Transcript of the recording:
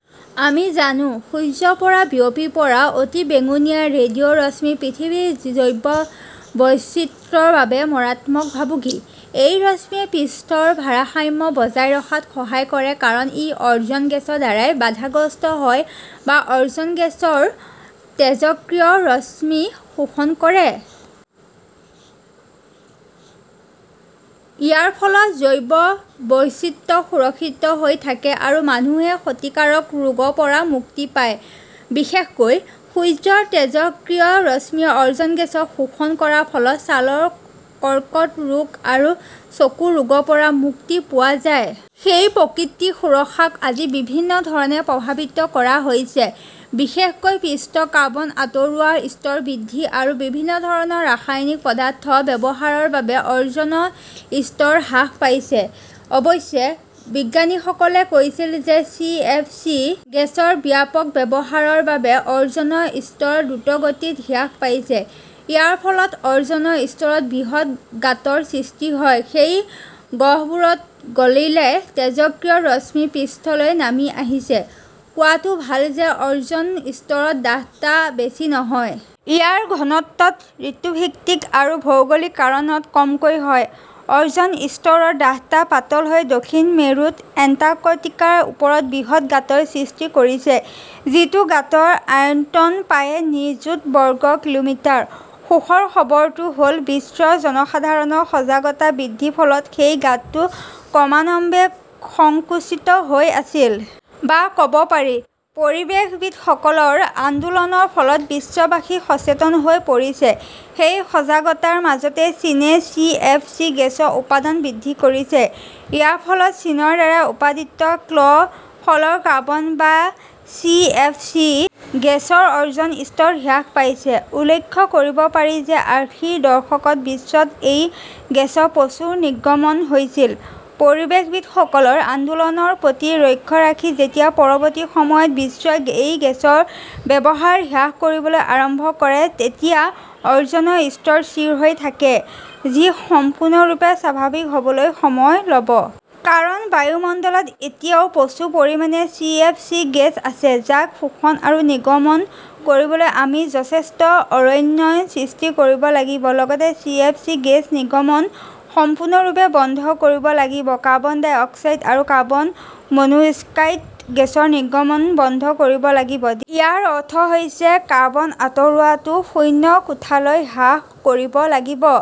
আমি জানো, সূৰ্যৰ পৰা বিয়পি পৰা অতিবেঙুনীয়া ৰেডিঅ ৰশ্মি পৃথিৱীৰ জৈৱ বৈচিত্ৰ্যৰ বাবে মাৰাত্মক ভাবুকি। এই ৰশ্মিয়ে পৃষ্ঠৰ ভাৰসাম্য বজাই ৰখাত সহায় কৰে কাৰণ ই অ'জন গেছৰ দ্বাৰা বাধাগ্ৰস্ত হয় বা অ'জন গেছৰ তেজস্ক্ৰিয় ৰশ্মি শোষণ কৰে। ইয়াৰ ফলত জৈৱ বৈচিত্ৰ্য সুৰক্ষিত হৈ থাকে আৰু মানুহে ক্ষতিকাৰক ৰোগৰ পৰা মুক্তি পায়। বিশেষকৈ, সূৰ্যৰ তেজস্ক্ৰিয় ৰশ্মিয়ে অ'জন গেছ শোষণ কৰাৰ ফলত ছালৰ কৰ্কট ৰোগ আৰু চকুৰ ৰোগৰ পৰা মুক্তি পোৱা যায়। সেই প্ৰকৃতিৰ সুৰক্ষাক আজি বিভিন্ন ধৰণে প্ৰভাৱিত কৰা হৈছে। বিশেষকৈ, পৃষ্ঠত কাৰ্বন আঁতৰোৱাৰ স্তৰ বৃদ্ধি আৰু বিভিন্ন ধৰণৰ ৰাসায়নিক পদাৰ্থৰ ব্যৱহাৰৰ বাবে অ'জনৰ স্তৰ হ্ৰাস পাইছে। অৱশ্যে, বিজ্ঞানীসকলে কৈছিল যে চি. এফ. চি. গেছৰ ব্যাপক ব্যৱহাৰৰ বাবে অ'জনৰ স্তৰ দ্ৰুতগতিত হ্ৰাস পাইছে। ইয়াৰ ফলত অ'জন স্তৰত বৃহৎ গাঁতৰ সৃষ্টি হয়। সেই গহ্বৰটো গলিলে তেজস্ক্ৰিয় ৰশ্মি পৃষ্ঠলৈ নামি আহিছে। কোৱাটো ভাল যে অ'জন স্তৰৰ ডাঠতা বেছি নহয়। ইয়াৰ ঘনত্ব ঋতুভিত্তিক আৰু ভৌগোলিক কাৰণত কমকৈ হয়। অ'জন স্তৰৰ ডাঠতা পাতল হৈ দক্ষিণ মেৰুত এণ্টাৰ্কটিকাৰ ওপৰত বৃহৎ গাঁতৰ সৃষ্টি কৰিছে, যিটো গাঁতৰ আয়তন প্ৰায় নিযুত বৰ্গ কিলোমিটাৰ। সুখৰ খবৰটো হ 'ল, বিশ্বৰ জনসাধাৰণৰ সজাগতা বৃদ্ধিৰ ফলত সেই গাঁতটো ক্ৰমান্বয়ে সংকুচিত হৈ আছিল। বা ক'ব পাৰি, পৰিৱেশবিদসকলৰ আন্দোলনৰ ফলত বিশ্ববাসী সচেতন হৈ পৰিছে। সেই সজাগতাৰ মাজতে চীনে চি. এফ. চি. গেছৰ উৎপাদন বৃদ্ধি কৰিছে। ইয়াৰ ফলত চীনৰ দ্বাৰা উৎপাদিত ক্ল'ৰ" ফ্ল'ৰ কাৰ্বন বা চি. এফ. চি. গেছৰ অ'জন স্তৰ হ্ৰাস পাইছে। উল্লেখ কৰিব পাৰি যে আশীৰ দশকত বিশ্বত এই গেছৰ প্ৰচুৰ নিৰ্গমন হৈছিল। পৰিৱেশবিদসকলৰ আন্দোলনৰ প্ৰতি লক্ষ্য ৰাখি যেতিয়া পৰৱৰ্তী সময়ত বিশ্বই এই গেছৰ ব্যৱহাৰ হ্ৰাস কৰিবলৈ আৰম্ভ কৰে তেতিয়া অ'জনৰ স্তৰ স্থিৰ হৈ থাকে, যি সম্পূৰ্ণৰূপে স্বাভাৱিক হ'বলৈ সময় ল'ব। কাৰণ বায়ুমণ্ডলত এতিয়াও প্ৰচুৰ পৰিমাণে চি. এফ. চি. গেছ আছে, যাক শোষণ আৰু নিৰ্গমন কৰিবলৈ আমি যথেষ্ট অৰণ্যায়ন সৃষ্টি কৰিব লাগিব। লগতে, চি. এফ. চি. গেছ নিৰ্গমন সম্পূৰ্ণৰূপে বন্ধ কৰিব লাগিব। কাৰ্বন ডাই অক্সাইড আৰু কাৰ্বন মনোক্সাইড গেছৰ নিৰ্গমন বন্ধ কৰিব লাগিব। ইয়াৰ অৰ্থ হৈছে কাৰ্বন আঁতৰোৱাটো শূন্যৰ কোঠালৈ হ্ৰাস কৰিব লাগিব।